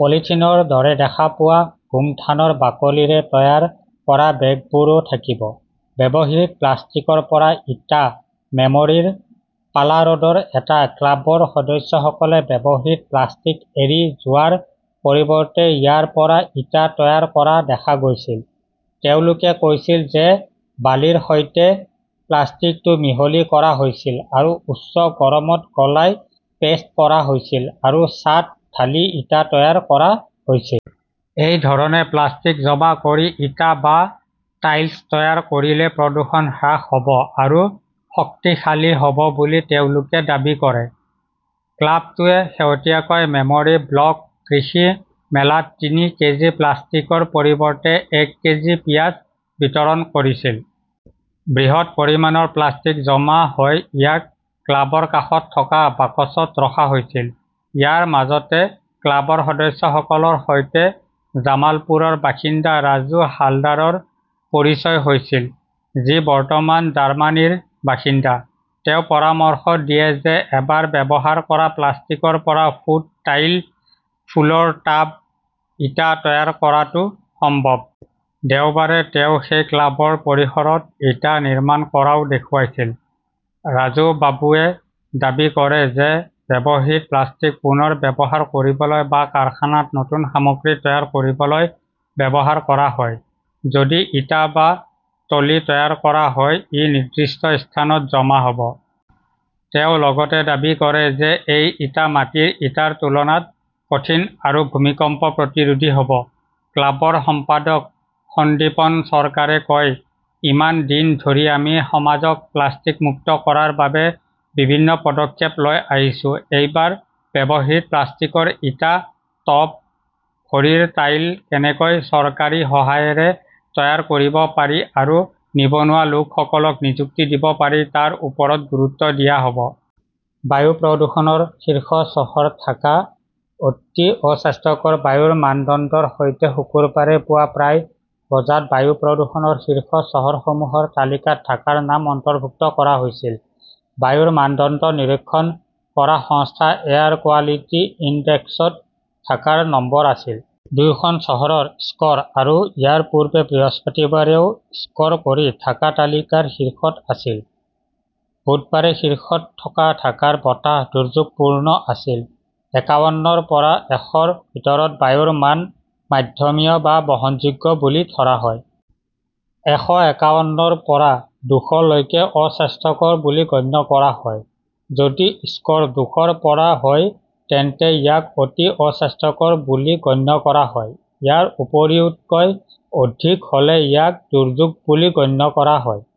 পলিথিনৰ দৰে দেখা পোৱা গোমধানৰ বাকলিৰে তৈয়াৰ কৰা বেগবোৰো থাকিব। ব্যৱহৃত প্লাষ্টিকৰ পৰা ইটা মেমৰীৰ পালা ৰোডৰ এটা ক্লাবৰ সদস্যসকলে ব্যৱহৃত প্লাষ্টিক এৰি যোৱাৰ পৰিৱৰ্তে ইয়াৰ পৰা ইটা তৈয়াৰ কৰা দেখা গৈছিল। তেওঁলোকে কৈছিল যে বালিৰ সৈতে প্লাষ্টিকটো মিহলি কৰা হৈছিল আৰু উচ্চ গৰমত গলাই পেষ্ট কৰা হৈছিল আৰু ছাঁত ঢালি ইটা তৈয়াৰ কৰা হৈছিল। এই ধৰণে প্লাষ্টিক জমা কৰি ইটা বা টাইলচ তৈয়াৰ কৰিলে প্ৰদূষণ হ্ৰাস হ'ব আৰু শক্তিশালী হ'ব বুলি তেওঁলোকে দাবী কৰে। ক্লাবটোৱে শেহতীয়াকৈ মেমৰী ব্লক কৃষি মেলাত তিনি কেজি প্লাষ্টিকৰ পৰিৱৰ্তে এক কেজি পিয়াজ বিতৰণ কৰিছিল। বৃহৎ পৰিমাণৰ প্লাষ্টিক জমা হয় ইয়াক ক্লাবৰ কাষত থকা বাকচত ৰখা হৈছিল। ইয়াৰ মাজতে ক্লাবৰ সদস্যসকলৰ সৈতে জামালপুৰৰ বাসিন্দা ৰাজু হালদাৰৰ পৰিচয় হৈছিল, যি বৰ্তমান জাৰ্মানীৰ বাসিন্দা। তেওঁ পৰামৰ্শ দিয়ে যে এবাৰ ব্যৱহাৰ কৰা প্লাষ্টিকৰ পৰা ফুট টাইল, ফুলৰ টব, ইটা তৈয়াৰ কৰাটো সম্ভৱ। দেওবাৰে তেওঁ সেই ক্লাবৰ পৰিসৰত ইটা নিৰ্মাণ কৰাও দেখুৱাইছিল। ৰাজুবাবুৱে দাবী কৰে যে ব্যৱহৃত প্লাষ্টিক পুনৰ ব্যৱহাৰ কৰিবলৈ বা কাৰখানাত নতুন সামগ্ৰী তৈয়াৰ কৰিবলৈ ব্যৱহাৰ কৰা হয়। যদি ইটা বা টলি তৈয়াৰ কৰা হয় ,ই নিৰ্দিষ্ট স্থানত জমা হ 'ব। তেওঁ লগতে দাবী কৰে যে এই ইটা মাটিৰ ইটাৰ তুলনাত কঠিন আৰু ভূমিকম্প প্ৰতিৰোধী হ'ব। ক্লাবৰ সম্পাদক সন্দীপন চৰকাৰে কয়, ইমান দিন ধৰি আমি সমাজক প্লাষ্টিক মুক্ত কৰাৰ বাবে বিভিন্ন পদক্ষেপ লৈ আহিছোঁ এইবাৰ ব্যৱহৃত প্লাষ্টিকৰ ইটা, টব, ভৰিৰ টাইল কেনেকৈ চৰকাৰী সহায়ৰে তৈয়াৰ কৰিব পাৰি আৰু নিবনুৱা লোকসকলক নিযুক্তি দিব পাৰি তাৰ ওপৰত গুৰুত্ব দিয়া হ'ব। বায়ু প্ৰদূষণৰ শীৰ্ষ চহৰ ঢাকা অতি অস্বাস্থ্যকৰ বায়ুৰ মানদণ্ডৰ সৈতে শুকুৰবাৰে পুৱা প্ৰায় বজাত বায়ু প্ৰদূষণৰ শীৰ্ষ চহৰসমূহৰ তালিকাত ঢাকাৰ নাম অন্তৰ্ভুক্ত কৰা হৈছিল। বায়ুৰ মানদণ্ড নিৰীক্ষণ কৰা সংস্থা এয়াৰ কোৱালিটি ইনডেক্স ত ঢাকাৰ নম্বৰ আছিল। দুয়োখন চহৰৰ স্কৰ আৰু ইয়াৰ পূৰ্বে বৃহস্পতিবাৰেও স্কৰ কৰি ঢাকা তালিকাৰ শীৰ্ষত আছিল। বুধবাৰে শীৰ্ষত থকা ঢাকাৰ বতাহ দুৰ্যোগপূৰ্ণ আছিল। একাৱন্নৰ পৰা এশ ৰ ভিতৰত বায়ুৰ মান মধ্যমীয়া বা বহনযোগ্য বুলি ধৰা হয়। এশ একাৱন্নৰ পৰা দুশ লৈকে অস্বাস্থ্যকৰ বুলি গণ্য কৰা হয়। যদি স্কৰ দুশ ৰ পৰা হয় তেন্তে ইয়াক অতি অস্বাস্থ্যকৰ বুলি গণ্য কৰা হয়। ইয়াৰ উপৰিও তকৈ অধিক হ'লে ইয়াক দুৰ্যোগ বুলি গণ্য কৰা হয়।